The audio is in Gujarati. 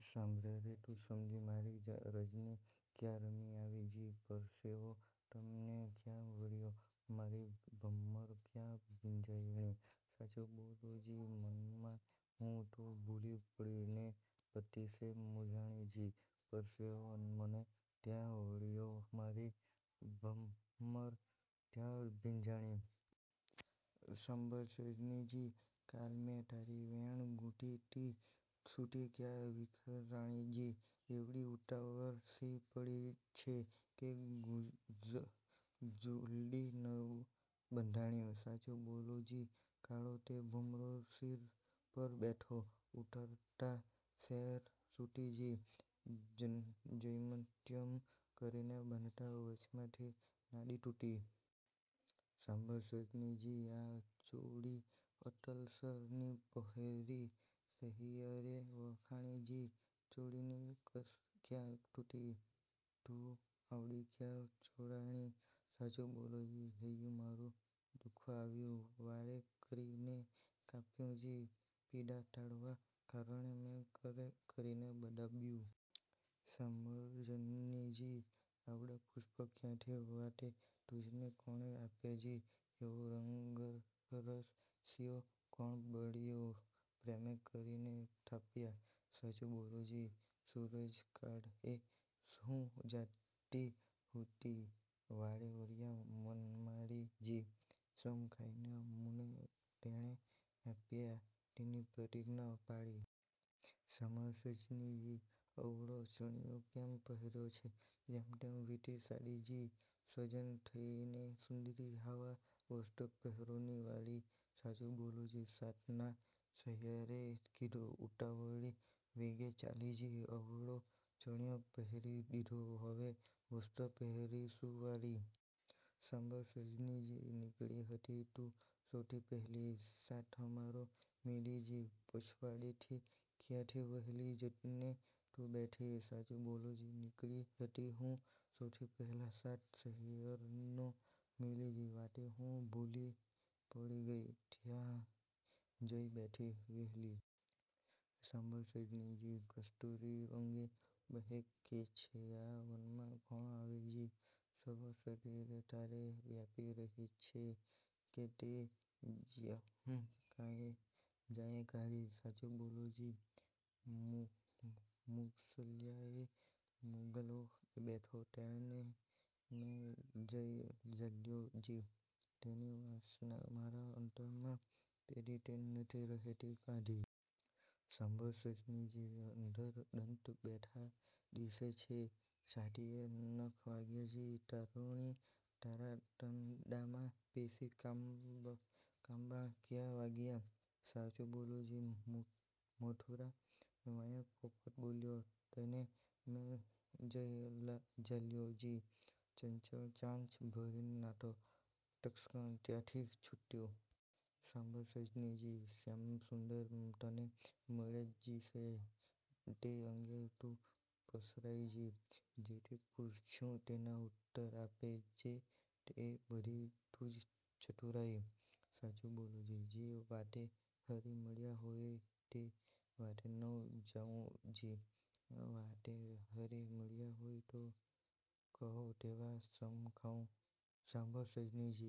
સાંભળ રે તું સજની! મારી, રજની ક્યાં રમી આવી જી? પરસેવો તને ક્યાં વળ્યો? તારી ભમ્મર ક્યાં ભીંજાણી? સાચું બોલો જી! વનમાં હું તો ભૂલી પડી ને અતિશે મૂંઝાણી જી; પરસેવો મને ત્યાં વળ્યો મારી ભમ્મર ત્યાં ભીંજાણી. સાંભળ સજની જી! કાલ મેં તારી વેણ ગૂંથી તી છૂટી ક્યાં વિખરાણી જી? એવડી ઉતાવળ શી પડી છે કે ઝ ઝૂલડી નવ બંધાણી? સાચું બોલો જી! કાળો તે ભમરો શિર પર બેઠો, ઉરાડતાં સેર છૂટી જી, જ્યમ જ્યમત્યમ કરીને બાંધતાં વચમાંથી નાડી તૂટી. સાંભળ સજની જી! આ ચોળી અતલસ ની પહેરી, સહિયરે વખાણી જી; ચોળીની કસ ક્યાં તૂટી? તું આવડી ક્યાં ચોળાણી? સાચું બોલો જી! હૈયું મારું દુખવા આવ્યું, વાએ કરીને કાપ્યું જી, પીડા ટાળવા કારણે મેં કળે કરીને દાબાવ્યું. સાંભળ સજની જી! આવડાં પુષ્પ ક્યાંથી વાટે તુજને કોણે આપ્યાં જી? એવો રંગરસિયો કોણ મળિયો? પ્રેમે કરીને થાપ્યાં. સાચું બોલો જી! સૂરજકળાએ હું જાતી હુતી, વાટે મળ્યા વનમાળી જી, સમ ખાઈને મુને તેણે આપ્યાં, તેની પ્રતિજ્ઞા પાળી. સાંભળ સજની જી! અવળો ચણિયો કેમ પહેર્યો છે? જેમતેમ વીંટી સાડી જી, સજક થઈને સુંદરી! હાવાં વસ્ત્ર પહેરોની વાળી. સાચું બોલો જી! સાથ ના સહિયરે કીધો, ઉતાવળી વેગે ચાલી જી, અવળો ચણિયો પહેરી દીધો, હવે વસ્ત્ર પહેરીશું વાળી. સાંભળ સજની જી! નીકળી હતી તું સૌથી પહેલી સાથ અમારો મેલી જી, પછવાડેથી ક્યાંથી વહેલી જઈને તું બેઠી? સાચું બોલો જી! નીકળી હતી હું સૌથી પહેલી સાથ સહિયરનો મેલી જી. વાટે હું ભૂલી પડી ગઈ, ત્યહાં જઈ બેઠી વ્હેલી. સાંભળ સજની જી! કસ્તૂરી અંગે બ્હેકે છે, આ વનમાં કોણ આવે જી? સર્વ શરીરે તારે વ્યાપી રહી છે તે ક્યમ જાયે ઢાંકી? સાચું બોલો જી! મૃગશલ્યાએ મૃગલો બેઠો તેને મેં જઈ ઝાલ્યો જી, તેની વાસના મારા અંતરમાં પેઠી, તે નથી રહેતી ઢાંકી. સાંભળ સજની જી! અધર દંત બેઠા દીસે છે, છાતીએ નખ વાગ્યા જી, તારુણી! તારા તનડામાં પેસી કામબાણ ક્યાં વાગ્યાં? સાચું બોલો જી! 'મધુરાં વાયક પોપટ બોલ્યો, તેને મેં જઈ ઝાલ્યો જી, ચંચળ ચાંચ ભરીને નાઠો, તત્ક્ષણ ત્યાંથી છૂટ્યો. સાંભળ સજની જી! શ્યામસુંદર તને મળ્યા દીસે છે તે અંગે તું પસરાઈ જી, જે જે પૂછું તેના ઉત્તર આપે એ બધી તુજ ચતુરાઈ! સાચું બોલો જી! જે વાટે હરિ મળિયા હોયે તે વાટે નવ જાઉં જી, આ વાટે હરિ મળિયા હોય તો કહો તેવા સમ ખાઉં. સાંભળ સજની જી!